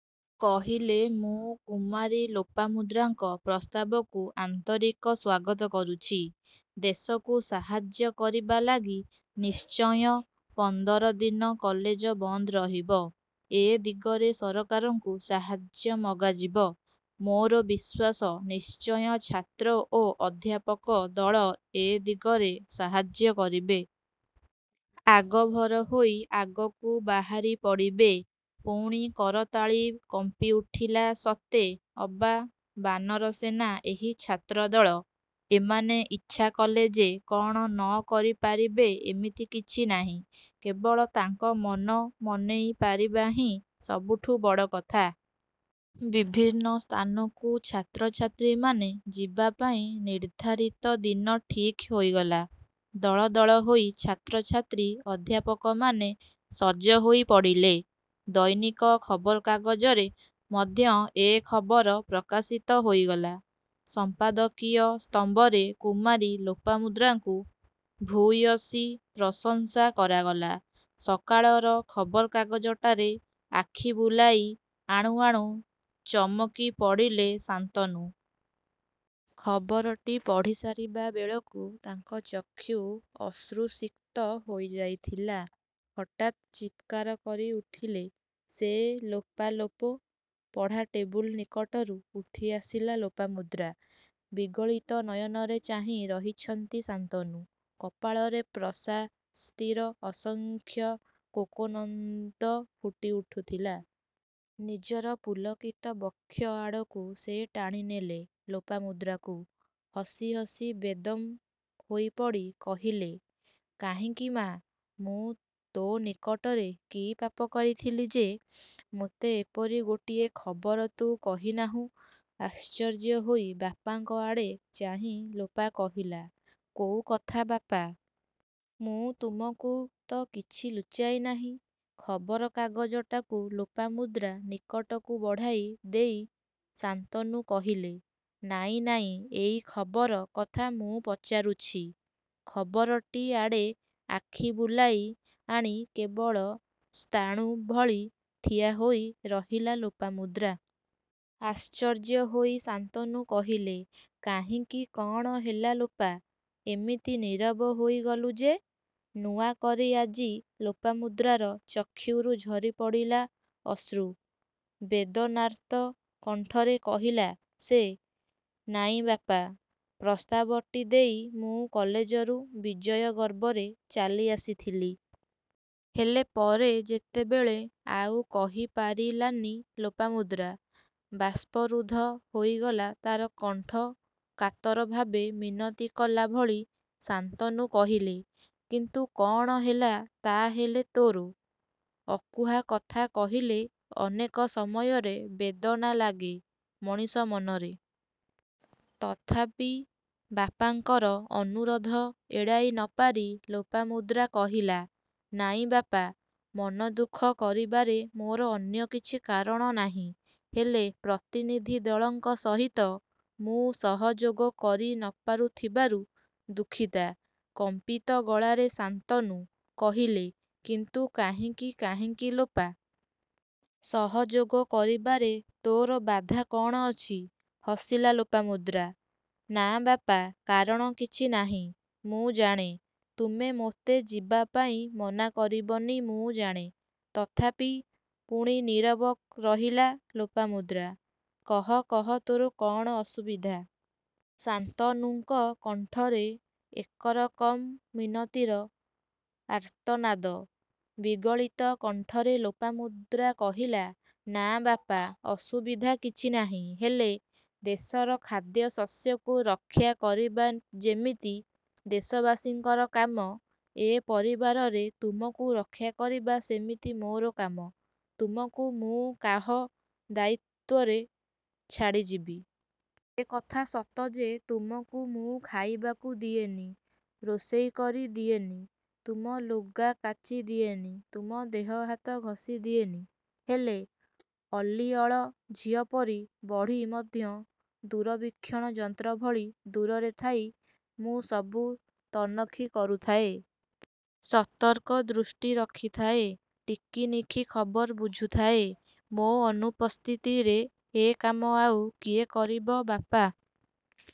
କହିଲେ ମୁଁ କୁମାରୀ ଲୋପାମୁଦ୍ରାଙ୍କ ପ୍ରସ୍ତାବକୁ ଆନ୍ତରିକ ସ୍ୱାଗତ କରୁଛି। ଦେଶକୁ ସାହାଯ୍ୟ କରିବା ଲାଗି ନିଶ୍ଚୟ ପନ୍ଦର ଦିନ କଲେଜ ବନ୍ଦ ରହିବ। ଏ ଦିଗରେ ସରକାରଙ୍କୁ ସାହାଯ୍ୟ ମଗାଯିବ। ମୋର ବିଶ୍ୱାସ ନିଶ୍ଚୟ ଛାତ୍ର ଓ ଅଧ୍ୟାପକ ଦଳ ଏ ଦିଗରେ ସାହାଯ୍ୟ କରିବେ। ଆଗଭର ହୋଇ ଆଗକୁ ବାହାରି ପଡ଼ିବେ। ପୁଣି କରତାଳି କମ୍ପିଉଠିଲା ସତେ ଅବା ବାନର ସେନା ଏହି ଛାତ୍ର ଦଳ, ଏମାନେ ଇଚ୍ଛା କଲେ ଯେ କ'ଣ ନ କରି ପାରିବେ ଏମିତି କିଛି ନାହିଁ। କେବଳ ତାଙ୍କ ମନ ମନେଇ ପାରିବା ହିଁ ସବୁଠୁ ବଡ଼ କଥା। ବିଭିନ୍ନ ସ୍ଥାନକୁ ଛାତ୍ର ଛାତ୍ରୀମାନେ ଯିବାପାଇଁ ନିର୍ଦ୍ଧାରିତ ଦିନ ଠିକ୍ ହୋଇଗଲା। ଦଳ ଦଳ ହୋଇ ଛାତ୍ର ଛାତ୍ରୀ ଅଧ୍ୟାପକମାନେ ସଜ ହୋଇ ପଡ଼ିଲେ। ଦୈନିକ ଖବରକାଗଜରେ ମଧ୍ୟ ଏ ଖବର ପ୍ରକାଶିତ ହୋଇଗଲା। ସମ୍ପାଦକୀୟ ସ୍ତମ୍ଭରେ କୁମାରୀ ଲୋପାମୁଦ୍ରାଙ୍କୁ ଭୂୟସୀ ପ୍ରଶଂସା କରାଗଲା। ସକାଳର ଖବରକାଗଜଟାରେ ଆଖି ବୁଲାଇ ଆଣୁ ଆଣୁ ଚମକି ପଡ଼ିଲେ ଶାନ୍ତନୁ। ଖବରଟି ପଢ଼ି ସାରିବା ବେଳକୁ ତାଙ୍କ ଚକ୍ଷୁ ଅଶ୍ରୁସିକ୍ତ ହୋଇ ଯାଇଥିଲା। ହଠାତ୍ ଚିତ୍କାର କରି ଉଠିଲେ ସେ ଲୋପା ଲୋପ! ପଢ଼ା ଟେବୁଲ ନିକଟରୁ ଉଠିଆସିଲା ଲୋପାମୁଦ୍ରା। ବିଗଳିତ ନୟନରେ ଚାହିଁ ରହିଛନ୍ତି ଶାନ୍ତନୁ। କପାଳରେ ପ୍ରଶାସ୍ତିର ଅସଂଖ୍ୟ କୋକନଦ ଫୁଟି ଉଠୁଥିଲା। ନିଜର ପୁଲକିତ ବକ୍ଷ ଆଡ଼କୁ ସେ ଟାଣିନେଲେ ଲୋପାମୁଦ୍ରାକୁ। ହସି ହସି ବେଦମ୍ ହୋଇପଡ଼ି କହିଲେ କାହିଁକି ମାଆ ମୁଁ ତୋ ନିକଟରେ କି ପାପ କରିଥିଲି ଯେ, ମୋତେ ଏପରି ଗୋଟିଏ ଖବର ତୁ କହିନାହୁଁ। ଆଶ୍ଚର୍ଯ୍ୟ ହୋଇ ବାପାଙ୍କ ଆଡ଼େ ଚାହିଁ ଲୋପା କହିଲା କୋଉ କଥା ବାପା! ମୁଁ ତୁମକୁ ତ' କିଛି ଲୁଚାଇ ନାହିଁ? ଖବରକାଗଜଟାକୁ ଲୋପାମୁଦ୍ରା ନିକଟକୁ ବଢ଼ାଇ ଦେଇ ଶାନ୍ତନୁ କହିଲେ ନାଇଁ ନାଇଁ ଏଇ ଖବର କଥା ମୁଁ ପଚାରୁଛି। ଖବରଟି ଆଡ଼େ ଆଖି ବୁଲାଇ ଆଣି କେବଳ ସ୍ଥାଣୁ ଭଳି ଠିଆ ହୋଇ ରହିଲା ଲୋପାମୁଦ୍ରା। ଆଶ୍ଚର୍ଯ୍ୟ ହୋଇ ଶାନ୍ତନୁ କହିଲେ କାହିଁକି କ'ଣ ହେଲା ଲୋପା! ଏମିତି ନୀରବ ହୋଇଗଲୁ ଯେ? ନୂଆ କରି ଆଜି ଲୋପାମୁଦ୍ରାର ଚକ୍ଷୁରୁ ଝରିପଡ଼ିଲା ଅଶ୍ରୁ। ବେଦନାର୍ତ୍ତ କଣ୍ଠରେ କହିଲା ସେ ନାଇଁ ବାପା! ପ୍ରସ୍ତାବଟି ଦେଇ ମୁଁ କଲେଜରୁ ବିଜୟ ଗର୍ବରେ ଚାଲି ଆସିଥିଲି। ହେଲେ ପରେ ଯେତେବେଳେ ଆଉ କହି ପାରିଲାନି ଲୋପାମୁଦ୍ରା। ବାଷ୍ପରୁଦ୍ଧ ହୋଇଗଲା ତା'ର କଣ୍ଠ କାତର ଭାବେ ମିନତି କଲା ଭଳି ଶାନ୍ତନୁ କହିଲେ କିନ୍ତୁ କ'ଣ ହେଲା ତା' ହେଲେ ତୋର? ଅକୁହା କଥା କହିଲେ ଅନେକ ସମୟରେ ବେଦନା ଲାଗେ ମଣିଷ ମନରେ। ତଥାପି ବାପାଙ୍କର ଅନୁରୋଧ ଏଡ଼ାଇ ନ ପାରି ଲୋପାମୁଦ୍ରା କହିଲା ନାଇଁ ବାପା, ମନ ଦୁଃଖ କରିବାରେ ମୋର ଅନ୍ୟ କିଛି କାରଣ ନାହିଁ। ହେଲେ ପ୍ରତିନିଧି ଦଳଙ୍କ ସହିତ ମୁଁ ସହଯୋଗ କରି ନ ପାରୁ ଥିବାରୁ ଦୁଃଖିତା। କମ୍ପିତ ଗଳାରେ ଶାନ୍ତନୁ କହିଲେ କିନ୍ତୁ କାହିଁକି କାହିଁକି ଲୋପା! ସହଯୋଗ କରିବାରେ ତୋର ବାଧା କ'ଣ ଅଛି? ହସିଲା ଲୋପାମୁଦ୍ରା। ନାଁ ବାପା! କାରଣ କିଛି ନାହିଁ ମୁଁ ଜାଣେ। ତୁମେ ମୋତେ ଯିବା ପାଇଁ ମନା କରିବନି ମୁଁ ଜାଣେ। ତଥାପି ପୁଣି ନୀରବ ରହିଲା ଲୋପାମୁଦ୍ରା। କହ କହ ତୋର କ'ଣ ଅସୁବିଧା। ଶାନ୍ତନୁଙ୍କ କଣ୍ଠରେ ଏକରକମ୍ ମିନତିର ଆର୍ତ୍ତନାଦ। ବିଗଳିତ କଣ୍ଠରେ ଲୋପାମୁଦ୍ରା କହିଲା ନାଁ ବାପା! ଅସୁବିଧା କିଛିନାହିଁ। ହେଲେ ଦେଶର ଖାଦ୍ୟଶସ୍ୟକୁ ରକ୍ଷା କରିବା ଯେମିତି ଦେଶବାସୀଙ୍କର କାମ, ଏ ପରିବାରରେ ତୁମକୁ ରକ୍ଷା କରିବା ସେମିତି ମୋର କାମ। ତୁମକୁ ମୁଁ କାହ ଦାୟିତ୍ୱରେ ଛାଡ଼ିଯିବି? ଏ କଥା ସତ ଯେ ତୁମକୁ ମୁଁ ଖାଇବାକୁ ଦିଏନି, ରୋଷେଇ କରି ଦିଏନି, ତୁମ ଲୁଗା କାଚି ଦିଏନି, ତୁମ ଦେହ ହାତ ଘଷି ଦିଏନି। ହେଲେ ଅଲିଅଳ ଝିଅପରି ବଢ଼ି ମଧ୍ୟ ଦୂରବୀକ୍ଷଣ ଯନ୍ତ୍ର ଭଳି ଦୂରରେ ଥାଇ ମୁଁ ସବୁ ତନଖି କରୁଥାଏ। ସତର୍କ ଦୃଷ୍ଟି ରଖିଥାଏ। ଟିକିନିଖି ଖବର ବୁଝୁଥାଏ। ମୋ ଅନୁପସ୍ଥିତିରେ ଏ କାମ ଆଉ କିଏ କରିବ ବାପା!